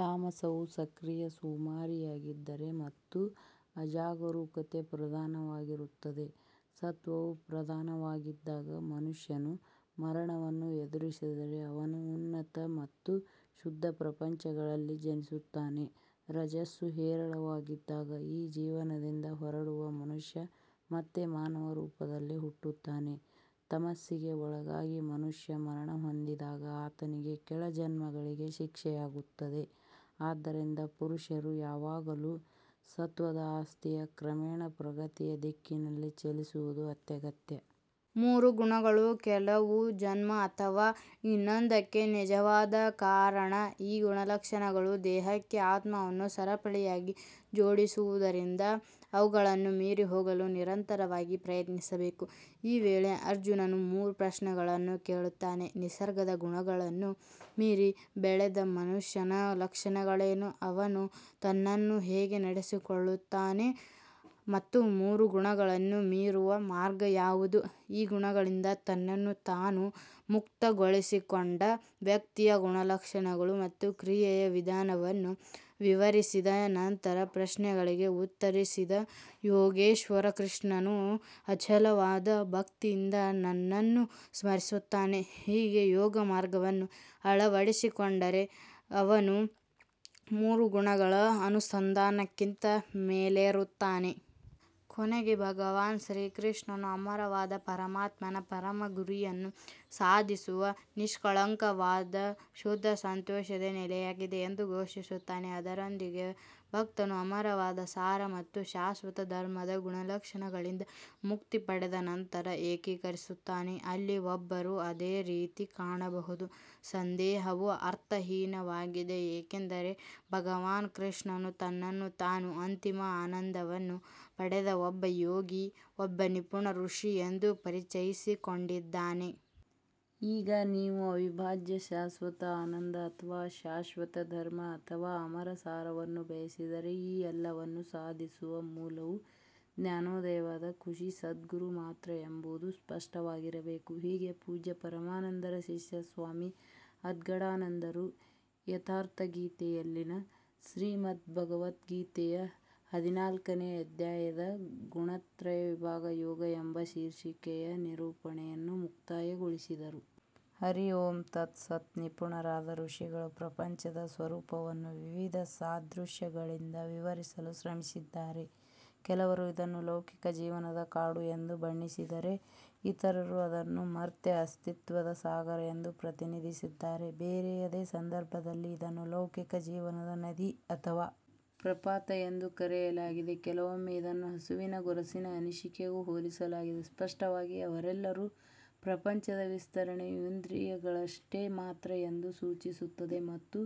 ತಾಮಸವು ಸಕ್ರಿಯ ಸೋಮಾರಿಯಾಗಿದ್ದರೆ ಮತ್ತು ಅಜಾಗರೂಕತೆ ಪ್ರಧಾನವಾಗಿರುತ್ತದೆ ಸತ್ವವು ಪ್ರಧಾನವಾಗಿದ್ದಾಗ ಮನುಷ್ಯನು ಮರಣವನ್ನು ಎದುರಿಸಿದರೆ ಅವನು ಉನ್ನತ ಮತ್ತು ಶುದ್ಧ ಪ್ರಪಂಚಗಳಲ್ಲಿ ಜನಿಸುತ್ತಾನೆ ರಜಸ್ಸು ಹೇರಳವಾಗಿದ್ದಾಗ ಈ ಜೀವನದಿಂದ ಹೊರಡುವ ಮನುಷ್ಯ ಮತ್ತೆ ಮಾನವ ರೂಪದಲ್ಲಿ ಹುಟ್ಟುತ್ತಾನೆ. ತಮಸ್ಸಿಗೆ ಒಳಗಾಗಿ ಮನುಷ್ಯ ಮರಣಹೊಂದಿದಾಗ ಆತನಿಗೆ ಕೆಳ ಜನ್ಮಗಳಿಗೆ ಶಿಕ್ಷೆಯಾಗುತ್ತದೆ ಆದ್ದರಿಂದ ಪುರುಷರು ಯಾವಾಗಲೂ ಸತ್ತ್ವದ ಆಸ್ತಿಯ ಕ್ರಮೇಣ ಪ್ರಗತಿಯ ದಿಕ್ಕಿನಲ್ಲಿ ಚಲಿಸುವುದು ಅತ್ಯಗತ್ಯ. ಮೂರು ಗುಣಗಳು ಕೆಲವು ಜನ್ಮ ಅಥವಾ ಇನ್ನೊಂದಕ್ಕೆ ನಿಜವಾದ ಕಾರಣ ಈ ಗುಣಲಕ್ಷಣಗಳು ದೇಹಕ್ಕೆ ಆತ್ಮವನ್ನು ಸರಪಳಿಯಾಗಿ ಜೋಡಿಸುವುದರಿಂದ ಅವುಗಳನ್ನು ಮೀರಿ ಹೋಗಲು ನಿರಂತರವಾಗಿ ಪ್ರಯತ್ನಿಸಬೇಕು ಈ ವೇಳೆ ಅರ್ಜುನನು ಮೂರು ಪ್ರಶ್ನೆಗಳನ್ನು ಕೇಳುತ್ತಾನೆ ನಿಸರ್ಗದ ಗುಣಗಳನ್ನು ಮೀರಿ ಬೆಳೆದ ಮನುಷ್ಯನ ಲಕ್ಷಣಗಳೇನು ಅವನು ತನ್ನನ್ನು ಹೇಗೆ ನಡೆಸಿಕೊಳ್ಳುತ್ತಾನೆ ಮತ್ತು ಮೂರು ಗುಣಗಳನ್ನು ಮೀರುವ ಮಾರ್ಗ ಯಾವುದು ಈ ಗುಣಗಳಿಂದ ತನ್ನನ್ನು ತಾನು ಮುಕ್ತಗೊಳಿಸಿಕೊಂಡ ವ್ಯಕ್ತಿಯ ಗುಣಲಕ್ಷಣಗಳು ಮತ್ತು ಕ್ರಿಯೆಯ ವಿಧಾನವನ್ನು ವಿವರಿಸಿದ ನಂತರ ಪ್ರಶ್ನೆಗಳಿಗೆ ಉತ್ತರಿಸಿದ ಯೋಗೇಶ್ವರ ಕೃಷ್ಣನು ಅಚಲವಾದ ಭಕ್ತಿಯಿಂದ ನನ್ನನ್ನು ಸ್ಮರಿಸುತ್ತಾನೆ ಹೀಗೆ ಯೋಗಮಾರ್ಗವನ್ನು ಅಳವಡಿಸಿಕೊಂಡರೆ ಅವನು ಮೂರು ಗುಣಗಳ ಅನುಸಂಧಾನಕ್ಕಿಂತ ಮೇಲೇರುತ್ತಾನೆ. ಕೊನೆಗೆ ಭಗವಾನ್ ಶ್ರೀಕೃಷ್ಣನು ಅಮರವಾದ ಪರಮಾತ್ಮನ ಪರಮ ಗುರಿಯನ್ನು ಸಾಧಿಸುವ ನಿಷ್ಕಳಂಕವಾದ ಶುದ್ಧ ಸಂತೋಷದ ನೆಲೆಯಾಗಿದೆ ಎಂದು ಘೋಷಿಸುತ್ತಾನೆ ಅದರೊಂದಿಗೆ ಭಕ್ತನು ಅಮರವಾದ ಸಾರ ಮತ್ತು ಶಾಶ್ವತ ಧರ್ಮದ ಗುಣಲಕ್ಷಣಗಳಿಂದ ಮುಕ್ತಿ ಪಡೆದ ನಂತರ ಏಕೀಕರಿಸುತ್ತಾನೆ. ಅಲ್ಲಿ ಒಬ್ಬರು ಅದೇ ರೀತಿ ಕಾಣಬಹುದು ಸಂದೇಹವು ಅರ್ಥಹೀನವಾಗಿದೆ ಏಕೆಂದರೆ ಭಗವಾನ್ ಕೃಷ್ಣನು ತನ್ನನ್ನು ತಾನು ಅಂತಿಮ ಆನಂದವನ್ನು ಪಡೆದ ಒಬ್ಬ ಯೋಗಿ ಒಬ್ಬ ನಿಪುಣ ಋಷಿ ಎಂದು ಪರಿಚಯಿಸಿಕೊಂಡಿದ್ದಾನೆ. ಈಗ ನೀವು ಅವಿಭಾಜ್ಯ ಶಾಶ್ವತ ಆನಂದ ಅಥವಾ ಶಾಶ್ವತ ಧರ್ಮ ಅಥವಾ ಅಮರ ಸಾರವನ್ನು ಬಯಸಿದರೆ ಈ ಎಲ್ಲವನ್ನು ಸಾಧಿಸುವ ಮೂಲವು ಜ್ಞಾನೋದಯವಾದ ಋಷಿ ಸದ್ಗುರು ಮಾತ್ರ ಎಂಬುದು ಸ್ಪಷ್ಟವಾಗಿರಬೇಕು. ಹೀಗೆ ಪೂಜ್ಯ ಪರಮಾನಂದರ ಶಿಷ್ಯ ಸ್ವಾಮಿ ಅದ್ಗಡಾನಂದರು ಯಥಾರ್ಥಗೀತೆಯಲ್ಲಿನ ಶ್ರೀಮದ್ಭಗವದ್ಗೀತೆಯ ಹದಿನಾಲ್ಕನೆಯ ಅಧ್ಯಾಯದ ಗುಣತ್ರಯ ವಿಭಾಗ ಯೋಗ ಎಂಬ ಶೀರ್ಷಿಕೆಯ ನಿರೂಪಣೆಯನ್ನು ಮುಕ್ತಾಯಗೊಳಿಸಿದರು. ಹರಿ ಓಂ ತತ್ ಸತ್. ನಿಪುಣರಾದ ಋಷಿಗಳು ಪ್ರಪಂಚದ ಸ್ವರೂಪವನ್ನು ವಿವಿಧ ಸಾದೃಶ್ಯಗಳಿಂದ ವಿವರಿಸಲು ಶ್ರಮಿಸಿದ್ದಾರೆ ಕೆಲವರು ಇದನ್ನು ಲೌಕಿಕ ಜೀವನದ ಕಾಡು ಎಂದು ಬಣ್ಣಿಸಿದರೆ ಇತರರು ಅದನ್ನು ಮರ್ತ್ಯ ಅಸ್ತಿತ್ವದ ಸಾಗರ ಎಂದು ಪ್ರತಿನಿಧಿಸಿದ್ದಾರೆ ಬೇರೆಯದೇ ಸಂದರ್ಭದಲ್ಲಿ ಇದನ್ನು ಲೌಕಿಕ ಜೀವನದ ನದಿ ಅಥವಾ ಪ್ರಪಾತ ಎಂದು ಕರೆಯಲಾಗಿದೆ ಕೆಲವೊಮ್ಮೆ ಇದನ್ನು ಹಸುವಿನ ಗೊರಸಿನ ಅನಿಸಿಕೆಗೂ ಹೋಲಿಸಲಾಗಿದೆ ಸ್ಪಷ್ಟವಾಗಿ ಅವರೆಲ್ಲರೂ ಪ್ರಪಂಚದ ವಿಸ್ತರಣೆಯು ಇಂದ್ರಿಯಗಳಷ್ಟೇ ಮಾತ್ರ ಎಂದು ಸೂಚಿಸುತ್ತದೆ ಮತ್ತು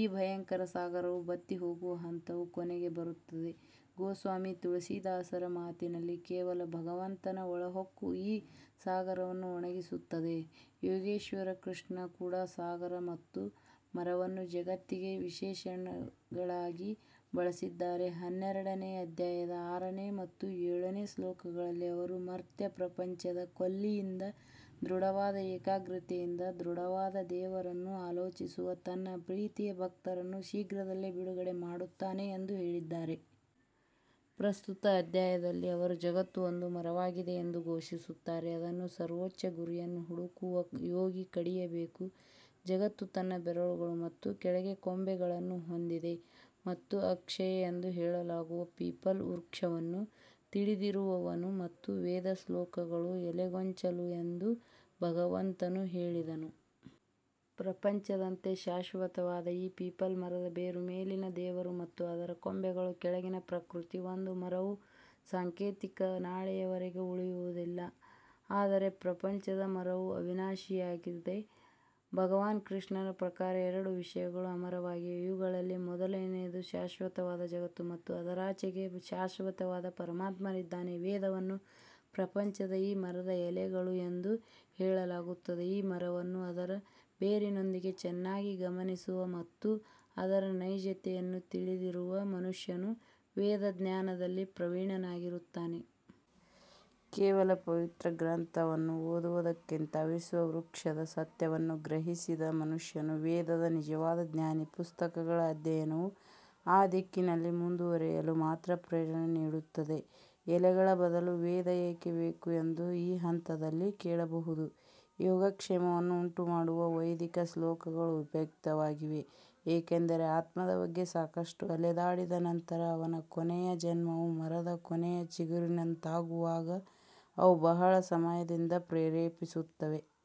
ಈ ಭಯಂಕರ ಸಾಗರವೂ ಬತ್ತಿಹೋಗುವ ಹಂತವು ಕೊನೆಗೆ ಬರುತ್ತದೆ ಗೋಸ್ವಾಮಿ ತುಳಸಿದಾಸರ ಮಾತಿನಲ್ಲಿ ಕೇವಲ ಭಗವಂತನ ಒಳಹೊಕ್ಕು ಈ ಸಾಗರವನ್ನು ಒಣಗಿಸುತ್ತದೆ ಯೋಗೇಶ್ವರ ಕೃಷ್ಣ ಕೂಡ ಸಾಗರ ಮತ್ತು ಮರವನ್ನು ಜಗತ್ತಿಗೆ ವಿಶೇಷಣಗಳಾಗಿ ಬಳಸಿದ್ದಾರೆ ಹನ್ನೆರಡನೆಯ ಅಧ್ಯಾಯದ ಆರನೇ ಮತ್ತು ಏಳನೇ ಶ್ಲೋಕಗಳಲ್ಲಿ ಅವರು ಮರ್ತ್ಯ ಪ್ರಪಂಚದ ಕೊಲ್ಲಿಯಿಂದ ದೃಢವಾದ ಏಕಾಗ್ರತೆಯಿಂದ ದೃಢವಾದ ದೇವರನ್ನು ಆಲೋಚಿಸುವ ತನ್ನ ಪ್ರೀತಿಯ ಭಕ್ತರನ್ನು ಶೀಘ್ರದಲ್ಲೇ ಬಿಡುಗಡೆ ಮಾಡುತ್ತಾನೆ ಎಂದು ಹೇಳಿದ್ದಾರೆ. ಪ್ರಸ್ತುತ ಅಧ್ಯಾಯದಲ್ಲಿ ಅವರು ಜಗತ್ತು ಒಂದು ಮರವಾಗಿದೆ ಎಂದು ಘೋಷಿಸುತ್ತಾರೆ ಅದನ್ನು ಸರ್ವೋಚ್ಚ ಗುರಿಯನ್ನು ಹುಡುಕುವ ಯೋಗಿ ಕಡಿಯಬೇಕು. ಜಗತ್ತು ತನ್ನ ಬೇರುಗಳು ಮತ್ತು ಕೆಳಗೆ ಕೊಂಬೆಗಳನ್ನು ಹೊಂದಿದೆ ಮತ್ತು ಅಕ್ಷಯ ಎಂದು ಹೇಳಲಾಗುವ ಪೀಪಲ್ ವೃಕ್ಷವನ್ನು ತಿಳಿದಿರುವವನು ಮತ್ತು ವೇದ ಶ್ಲೋಕಗಳು ಎಲೆಗೊಂಚಲು ಎಂದು ಭಗವಂತನು ಹೇಳಿದನು. ಪ್ರಪಂಚದಂತೆ ಶಾಶ್ವತವಾದ ಈ ಪೀಪಲ್ ಮರದ ಬೇರು ಮೇಲಿನ ದೇವರು ಮತ್ತು ಅದರ ಕೊಂಬೆಗಳು ಕೆಳಗಿನ ಪ್ರಕೃತಿ ಒಂದು ಮರವು ಸಾಂಕೇತಿಕ ನಾಳೆಯವರೆಗೆ ಉಳಿಯುವುದಿಲ್ಲ ಆದರೆ ಪ್ರಪಂಚದ ಮರವು ಅವಿನಾಶಿಯಾಗಿದೆ ಭಗವಾನ್ ಕೃಷ್ಣನ ಪ್ರಕಾರ ಎರಡು ವಿಷಯಗಳು ಅಮರವಾಗಿವೆ ಇವುಗಳಲ್ಲಿ ಮೊದಲನೆಯದು ಶಾಶ್ವತವಾದ ಜಗತ್ತು ಮತ್ತು ಅದರಾಚೆಗೆ ಶಾಶ್ವತವಾದ ಪರಮಾತ್ಮನಿದ್ದಾನೆ ವೇದವನ್ನು ಪ್ರಪಂಚದ ಈ ಮರದ ಎಲೆಗಳು ಎಂದು ಹೇಳಲಾಗುತ್ತದೆ ಈ ಮರವನ್ನು ಅದರ ಬೇರಿನೊಂದಿಗೆ ಚೆನ್ನಾಗಿ ಗಮನಿಸುವ ಮತ್ತು ಅದರ ನೈಜತೆಯನ್ನು ತಿಳಿದಿರುವ ಮನುಷ್ಯನು ವೇದ ಜ್ಞಾನದಲ್ಲಿ ಪ್ರವೀಣನಾಗಿರುತ್ತಾನೆ. ಕೇವಲ ಪವಿತ್ರ ಗ್ರಂಥಗಳನ್ನು ಓದುವುದಕ್ಕಿಂತ ವಿಶ್ವವೃಕ್ಷದ ಸತ್ಯವನ್ನು ಗ್ರಹಿಸಿದ ಮನುಷ್ಯನು ವೇದದ ನಿಜವಾದ ಜ್ಞಾನಿ. ಪುಸ್ತಕಗಳ ಅಧ್ಯಯನವು ಆ ದಿಕ್ಕಿನಲ್ಲಿ ಮುಂದುವರಿಯಲು ಮಾತ್ರ ಪ್ರೇರಣೆ ನೀಡುತ್ತದೆ ಎಲೆಗಳ ಬದಲು ವೇದ ಏಕೆ ಬೇಕು ಎಂದು ಈ ಹಂತದಲ್ಲಿ ಕೇಳಬಹುದು ಯೋಗಕ್ಷೇಮವನ್ನು ಉಂಟುಮಾಡುವ ವೈದಿಕ ಶ್ಲೋಕಗಳು ಉಪಯುಕ್ತವಾಗಿವೆ ಏಕೆಂದರೆ ಆತ್ಮದ ಬಗ್ಗೆ ಸಾಕಷ್ಟು ಅಲೆದಾಡಿದ ನಂತರ ಅವನ ಕೊನೆಯ ಜನ್ಮವು ಮರದ ಕೊನೆಯ ಚಿಗುರಿನಂತಿರುವಾಗ ಅವು ಬಹಳ ಸಮಯದಿಂದ ಪ್ರೇರೇಪಿಸುತ್ತವೆ.